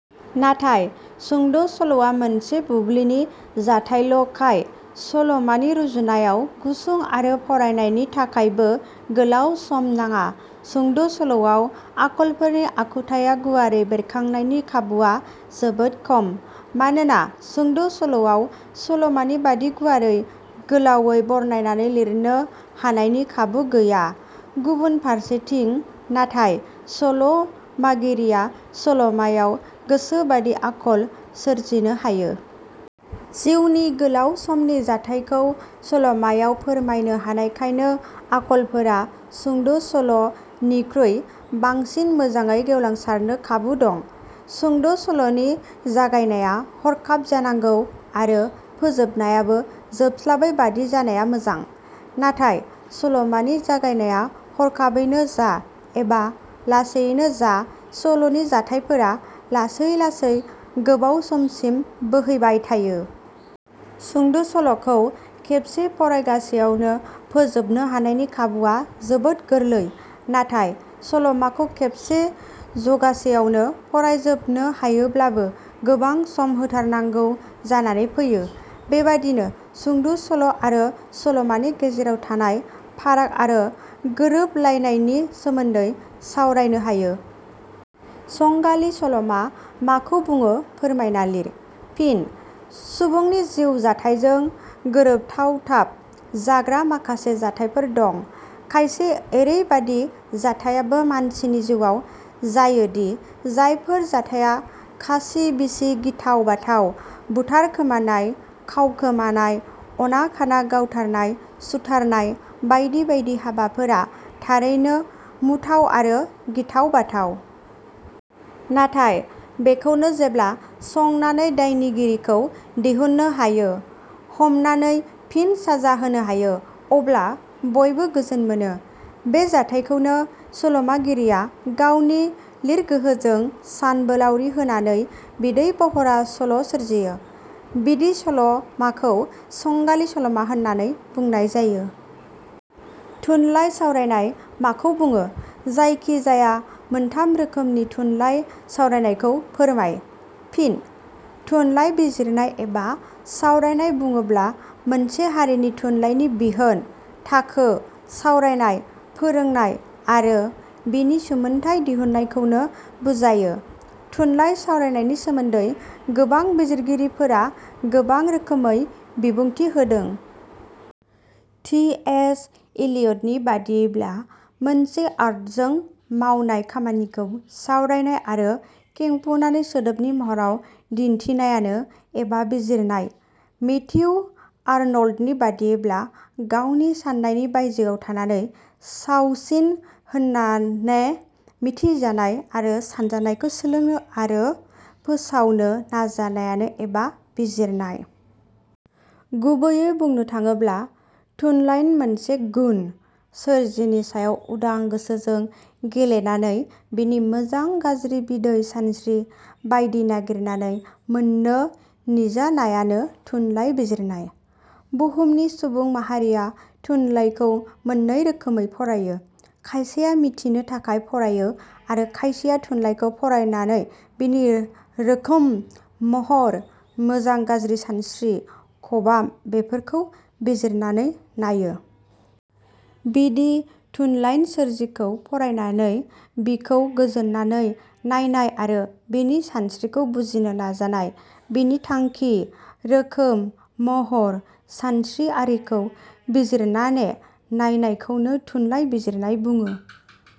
नाथाय सुंद' सल'आ मोनसे बुब्लिनि जाथाइल 'खाय सलमानि रुजुनायाव गुसुं आरो फरायनायनि थाखायबो गोलाव सम नाङा। सुंद' सल'आव आखलफोरनि आखुथाइया गुवारै बेरखांनायनि खाबुवा जोबोद खम, मानोना सुंद' सल'आव सल'मानि बादि गुवारै, गोलावै बरनायनानै लिरनो हानायनि खाबु गैया, गुबुन फारसेथिं नाथाय 'सल' मागिरिया सल 'मायाव गोसोबादि आखल सोरजिनो हायो। जिउनि गोलाउ समनि जाथायखौ सल 'मायाव फोरमायनो हानायखायनो आखलफोरा सुंद' सल 'निख्रुइ बांसिन मोजाङै गेवलांसारनो खाबु दं। सुंद' सल 'नि जागायनाया हरखाब जानांगौ आरो फोजोबनायाबो जोबस्लाबै बादि जानाया मोजां, नाथाय सलमानि जागायनाया हरखाबैनो जा एबा लासैयैनो जा सल'नि जाथायफोरा लासै लासै गोबाव समसिम बोहैबाय थायो। सुंद 'सल 'खौ खेबसे फरायगासेयावनो फोजोबनो हानायनि खाबुवा जोबोद गोरलै नाथाय सल 'माखौ खेबसे जगासेयावनो फरायजोबनो हायोब्लाबो गोबां सम होथारनांगौ जानानै फैयो। बेबादिनो सुंद' सल' आरो सलमानि गेजेराव थानाय फाराग आरो गोरोबलायनायनि सोमोन्दै सावरायनो हायो। संगालि सल 'मा माखौ बुङो फोरमायना लिर। फिन: सुबुंनि जिउ जाथाइजों गोरोबथावथाब जाग्रा माखासे जाथाइफोर दं। खायसे एरैबादि जाथाइयाबो मानसिनि जिउवाव जायोदि जायफोर जाथाइया खासि – बिसि गिथाव-बाथाव, बुथारखोमानाय, खावखोमानाय, अना-खाना गावथारनाय सुथारनाय बायदि बायदि हाबाफोरा थारैनो मुथाव आरो गिथाव-बाथाव। नाथाय बेखौनो जेब्ला संनानै दायनिगिरिखौ दिहुननो हायो, हमनानै फिन साजा होनो हायो अब्ला बयबो गोजोन मोनो। बे जाथायखौनो सल'मागिरिया गावनि लिरगोहोजों सानबोलाउरि होनानै बिदै बहरा सल' सोरजियो, बिदि सल 'माखौ संगालि सल'मा होननानै बुंनाय जायो। थुनलाइ सावरायनाय माखौ बुङो? जायखि-जाया मोनथाम रोखोमनि थुनलाइ सावरायनायखौ फोरमाय। फिन: थुनलाइ बिजिरनाय एबा सावरायनाय बुङोब्ला मोनसे हारिनि थुनलाइनि बिहोन, थाखो, सावरायनाय, फोरोंनाय आरो बिनि सुमोनथाइ दिहुननायखौनो बुजायो। थुनलाइ सावरायनायनि सोमोन्दै गोबां बिजिरगिरिफोरा गोबां रोखोमै बिबुंथि होदों। टि. एस. इलियटनि बादियैब्ला मोनसे आर्टजों मावनाय खामानिखौ सावरायनाय आरो खेंफुनानै सोदोबनि महराव दिन्थिनायानो '' एबा बिजिरनाय। मेथिउ आरनल्डनि बादियैब्ला "गावनि साननायनि बायजोआव थानानै सावसिन होननाने मिथिजानाय आरो सानजानायखौ सोलोंनो आरो फोसावनो नाजानायानो एबा बिजिरनाय"। गुबैयै बुंनो थाडोब्ला थुनलाइन मोनसे गुन, सोरजिनि सायाव उदां गोसोजों गेलेनानै बिनि मोजां-गाज्रि बिदै सानस्रि बायदि नागिरनानै मोननो नीजानायानो थुनलाइ बिजिरनाय। बुहुमनि सुबुं माहारिया थुनलाइखौ मोननै रोखोमै फरायो। खायसेया मिथिनो थाखाय फरायो आरो खायसेया थुनलाइखौ फरायनानै बिनि रोखोंम, महर, मोजां गाज्रि सानस्रि, खबाम बेफोरखौ बिजिरनानै नायो। बिदि थुनलाइन सोरजिखौ फरायनानै बिखौ गोजोननानै नायनाय आरो बिनि सानस्रिखौ बुजिनो नाजानाय, बिनि थांखि, रोखोम, महर, सानस्रि आरिखौ बिजिरनाने नायनायखौनो थुनलाइ बिजिरनाय बुङो।